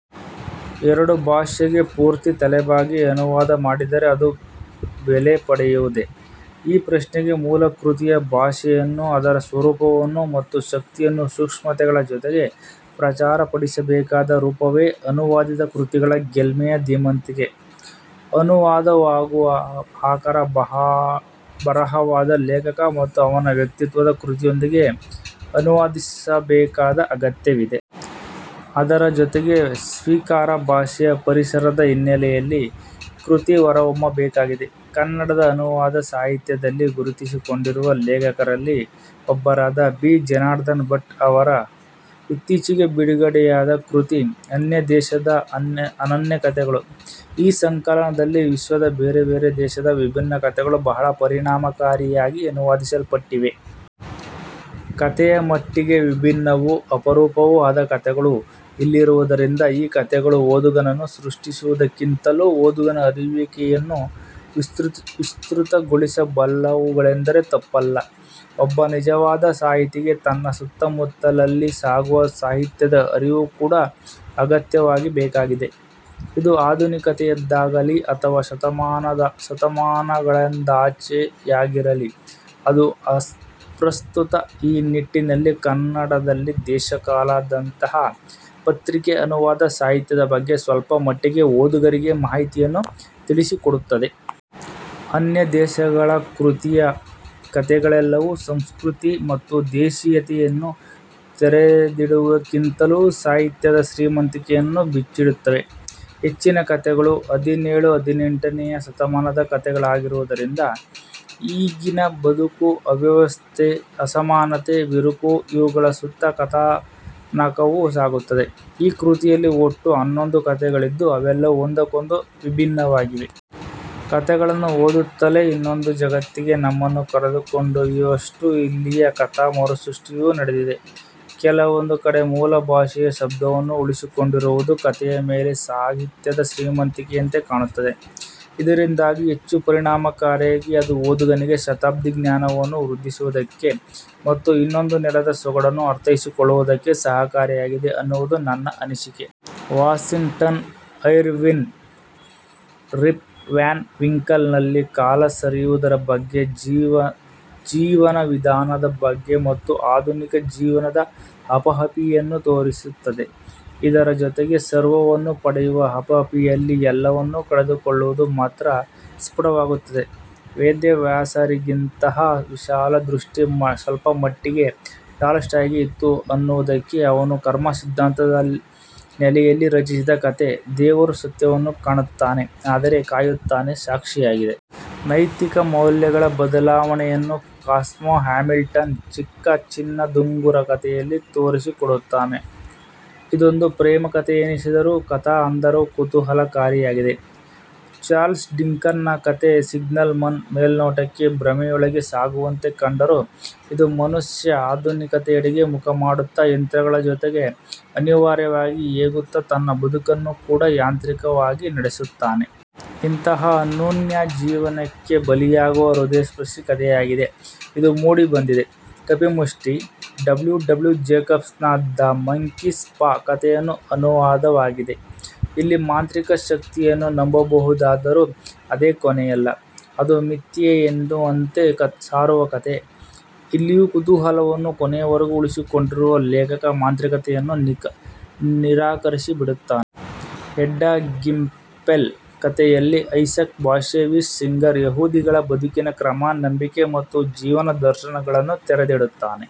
ಎರಡು ಭಾಷೆಗೆ ಪೂರ್ತಿ ತಲೆಬಾಗಿ ಅನುವಾದ ಮಾಡಿದರೆ ಅದು ಬೆಲೆ ಪಡೆಯುವುದೆ? ' ಈ ಪ್ರಶ್ನೆಗೆ ಮೂಲ ಕೃತಿಯ ಭಾಷೆಯನ್ನು ಅದರ ಸ್ವರೂಪ ಮತ್ತು ಶಕ್ತಿಯನ್ನು ಸೂಕ್ಷ್ಮತೆಗಳ ಜೊತೆಗೆ ಪ್ರಚಾರ ಪಡಿಸಬೇಕಾದ ರೂಪವೇ ಅನುವಾದಿತ ಕೃತಿಗಳ ಗೆಲ್ಮೆಯ ಧೀಮಂತಿಕೆ. ಅನುವಾದವಾಗುವಾಗ ಆಕರ ಬರಹದ ಲೇಖಕ ಮತ್ತು ಅವನ ವ್ಯಕ್ತಿತ್ವದ ಕೃತಿಯೊಂದಿಗೆ ಅನುವಾದಿಸಬೇಕಾದ ಅಗತ್ಯವಿದೆ. ಅದರ ಜೊತೆಗೆ ಸ್ವೀಕಾರ ಭಾಷೆಯ ಪರಿಸರದ ಹಿನ್ನಲೆಯಲ್ಲಿ ಕೃತಿ ಹೊರಹೊಮ್ಮಬೇಕಾಗಿದೆ. ಕನ್ನಡದ ಅನುವಾದ ಸಾಹಿತ್ಯದಲ್ಲಿ ಗುರುತಿಸಿಕೊಂಡಿರುವ ಲೇಖಕರಲ್ಲಿ ಒಬ್ಬರಾದ 'ಬಿ. ಜನಾರ್ಧನ ಭಟ್' ಅವರ ಇತ್ತೀಚೆಗೆ ಬಿಡುಗಡೆಯಾದ ಕೃತಿ 'ಅನ್ಯ ದೇಶದ ಅನನ್ಯ ಕತೆಗಳು'. ಈ ಸಂಕಲನದಲ್ಲಿ ವಿಶ್ವದ ಬೇರೆ ಬೇರೆ ದೇಶದ ವಿಭಿನ್ನ ಕಥೆಗಳು ಬಹಳ ಪರಿಣಾಮಕಾರಿಯಾಗಿ ಅನುವಾದಿಸಲ್ಪಟ್ಟಿವೆ. ಕಥೆಯ ಮಟ್ಟಿಗೆ ವಿಭಿನ್ನವೂ, ಅಪರೂಪವೂ ಆದ ಕಥೆಗಳು ಇಲ್ಲಿರುವುದರಿಂದ ಈ ಕಥೆಗಳು ಓದುಗನನ್ನು ಸೃಷ್ಟಿಸುವುದಕ್ಕಿಂತಲೂ ಓದುಗನ ಅರಿಯುವಿಕೆಯನ್ನು ವಿಸೃತಗೊಳಿಸಬಲ್ಲವುಗಳೆಂದರೆ ತಪ್ಪಲ್ಲ. ಒಬ್ಬ ನಿಜವಾದ ಸಾಹಿತಿಗೆ ತನ್ನ ಸುತ್ತಮುತ್ತಲಲ್ಲಿ ಸಾಗುವ ಸಾಹಿತ್ಯದ ಅರಿವು ಕೂಡ ಅಗತ್ಯವಾಗಿಬೇಕಾಗಿದೆ. ಅದು ಆಧುನಿಕತೆಯದ್ದಾಗಿರಲಿ ಅಥವಾ ಶತಮಾನಗಳಾದಾಚೆಯಾಗಿರಲಿ, ಅದು ಅಪ್ರಸ್ತುತ. ಈ ನಿಟ್ಟಿನಲ್ಲಿ ಕನ್ನಡದಲ್ಲಿ 'ದೇಶಕಾಲ'ದಂತಹ ಪತ್ರಿಕೆ ಅನುವಾದ ಸಾಹಿತ್ಯದ ಬಗ್ಗೆ ಸ್ವಲ್ಪ ಮಟ್ಟಿಗೆ ಓದುಗರಿಗೆ ಮಾಹಿತಿಯನ್ನ ತಿಳಿಸಿಕೊಡುತ್ತಿದೆ. 'ಅನ್ಯ ದೇಶಗಳ' ಕೃತಿಯ ಕಥೆಗಳೆಲ್ಲವೂ ಸಂಸ್ಕೃತಿ ಮತ್ತು ದೇಸೀಯತೆಯನ್ನು ತೆರೆದಿಡುವುದಕ್ಕಿಂತಲೂ ಸಾಹಿತ್ಯದ ಶ್ರೀಮಂತಿಕೆಯನ್ನು ಬಿಚ್ಚಿಡುತ್ತವೆ. ಹೆಚ್ಚಿನ ಕಥೆಗಳು ಹದಿನೇಳು, ಹದಿನೆಂಟನೆಯ ಶತಮಾನದ ಕಥೆಗಳಾಗಿರುವುದರಿಂದ ಆಗಿನ ಬದುಕು, ಅವ್ಯವಸ್ಥೆ, ಅಸಮಾನತೆ, ಬಿರುಕು ಇವುಗಳ ಸುತ್ತಾ ಕಥನಕವು ಸಾಗುತ್ತದೆ. ಈ ಕೃತಿಯಲ್ಲಿ ಒಟ್ಟು ಹನ್ನೊಂದು ಕಥೆಗಳಿದ್ದು ಅವೆಲ್ಲವೂ ಒಂದಕ್ಕೊಂದು ವಿಭಿನ್ನವಾಗಿವೆ. ಕಥೆಗಳನ್ನು ಓದುತ್ತಲೇ ಇನ್ನೊಂದು ಜಗತ್ತಿಗೆ ನಮ್ಮನ್ನು ಕರೆದೊಯ್ಯುವಷ್ಟು ಇಲ್ಲಿಯ ಕಥಾ ಮರುಸೃಷ್ಟಿಯೂ ನಡೆದಿದೆ. ಕೆಲವೊಂದು ಕಡೆ ಮೂಲ ಭಾಷೆಯ ಶಬ್ದವನ್ನು ಉಳಿಸಿಕೊಂಡಿರುವುದು ಕಥೆಯ ಮತ್ತು ಸಾಹಿತ್ಯದ ಶ್ರೀಮಂತಿಕೆಯಂತೆ ಕಾಣುತ್ತದೆ. ಇದರಿಂದಾಗಿ ಹೆಚ್ಚು ಪರಿಣಾಮಕಾರಿಯಾಗಿ ಅದು ಓದುಗನಿಗೆ ಶಾಬ್ದಿಕ ಜ್ಞಾನವನ್ನೂ ವೃದ್ಧಿಸುವುದಕ್ಕೆ ಮತ್ತು ಇನ್ನೊಂದು ನೆಲದ ಸೊಗಡನ್ನು ಅರ್ಥೈಸಿಕೊಳ್ಳುವುದಕ್ಕೆ ಸಹಕಾರಿಯಾಗಿದೆ ಅನ್ನುವುದು ನನ್ನ ಅನಿಸಿಕೆ. ವಾಷಿಂಗ್ಟನ್ ಐರ್ವಿಂಗ್ನ 'ರಿಪ್ ವ್ಯಾನ್ ವಿಂಕಲ್'ನಲ್ಲಿ ಕಾಲ ಸರಿಯುವುದರ ಬಗ್ಗೆ, ಜೀವನ ವಿಧಾನದ ಬಗ್ಗೆ ಮತ್ತು ಆಧುನಿಕ ಜೀವನದ ಹಪಹಪಿಯನ್ನ ತೋರಿಸುತ್ತದೆ. ಇದರ ಜೊತೆಗೆ ಸರ್ವವನ್ನೂ ಪಡೆಯುವ ಹಪಿಹಪಿಯಲ್ಲಿ ಎಲ್ಲವನ್ನೂ ಕಳೆದುಕೊಳ್ಳುವುದು ಮಾತ್ರ ಸ್ಪುಟವಾಗುತ್ತದೆ. ವೇದವ್ಯಾಸರಿಗಿದ್ದಂತಹ ವಿಶಾಲ ದೃಷ್ಟಿ ಸ್ವಲ್ಪಮಟ್ಟಿಗೆ ಟಾಲ್ ಸ್ಟಾಯ್ ಗೆ ಇತ್ತು ಅನ್ನುವುದಕ್ಕೆ ಅವನು ಕರ್ಮಸಿದ್ಧಾಂತದ ನೆಲೆಯಲ್ಲಿ ರಚಿಸಿದ ಕಥೆ, 'ದೇವರು ಸತ್ಯವನ್ನು ಕಾಣುತ್ತಾನೆ, ಆದರೆ ಕಾಯುತ್ತಾನೆ' ಸಾಕ್ಷಿಯಾಗಿದೆ. ನೈತಿಕ ಮೌಲ್ಯಗಳ ಬದಲಾವಣೆಯನ್ನು ಕಾಸ್ಮೋ ಹ್ಯಾಮಿಲ್ಟನ್ 'ಚಿಕ್ಕ ಚಿನ್ನದುಂಗುರ' ಕಥೆಯಲ್ಲಿ ತೋರಿಸಿಕೊಡುತ್ತಾನೆ. ಇದೊಂದು ಪ್ರೇಮಕಥೆಯಿನಿಸಿದರೂ ಕಥಾ ಹಂದರವು ಕುತೂಹಲಕಾರಿಯಾಗಿದೆ. ಚಾರ್ಲ್ಸ್ ಡಿಕನ್ಸ್ನ ಕಥೆ 'ಸಿಗ್ನಲ್ ಮನ್' ಮೇಲ್ನೋಟಕ್ಕೆ ಭ್ರಮೆಯೊಳಗೆ ಸಾಗುವಂತೆ ಕಂಡರೂ ಇದು ಮನುಷ್ಯ ಆಧುನಿಕತೆಯೆಡೆಗೆ ಮುಖಮಾಡುತ್ತಾ ಯಂತ್ರಗಳ ಜೊತೆಗೆ ಅನಿವಾರ್ಯವಾಗಿ ಏಗುತ್ತಾ ತನ್ನ ಬದುಕನ್ನು ಕೂಡ ಯಾಂತ್ರಿಕವಾಗಿ ನಡೆಸುತ್ತಾನೆ. ಇಂತಹ ಅನೂಹ್ಯ ಜೀವನಕ್ಕೆ ಬಲಿಯಾಗುವ ಹೃದಯಸ್ಪರ್ಶಿ ಕಥೆಯಾಗಿದೆ ಇದು ಮೂಡಿಬಂದಿದೆ. 'Kapi Mushti' W W Jacobs ನ 'ದ ಮಂಕೀಸ್ ಪಾ' ಕಥೆಯ ಅನುವಾದವಾಗಿದೆ. ಇಲ್ಲಿ ಮಾಂತ್ರಿಕ ಶಕ್ತಿಯನ್ನು ನಂಬಬಹುದಾದರೂ ಅದೇ ಕೊನೆಯಲ್ಲ. ಅದು ಮಿಥ್ಯೆಯೆನ್ನುವಂತೆ ಸಾರುವ ಕಥೆ. ಇಲ್ಲಿಯೂ ಕುತೂಹಲವನ್ನು ಕೊನೆಯವರೆಗೂ ಉಳಿಸಿಕೊಂಡಿರುವ ಲೇಖಕ ಮಾಂತ್ರಿಕತೆಯನ್ನು ನಿರಾಕರಿಸಿಬಿಡುತ್ತಾನೆ. 'ಹೆಡ್ಡ ಗಿಂಪೆಲ್' ಕಥೆಯಲ್ಲಿ ಐಸಾಕ್ ಬಾಷೆವಿಸ್ ಸಿಂಗರ್ ಯಹೂದಿಗಳ ಬದುಕಿನ ಕ್ರಮ, ನಂಬಿಕೆ ಮತ್ತು ಜೀವನದರ್ಶನಗಳನ್ನು ತೆರೆದಿಡುತ್ತಾನೆ.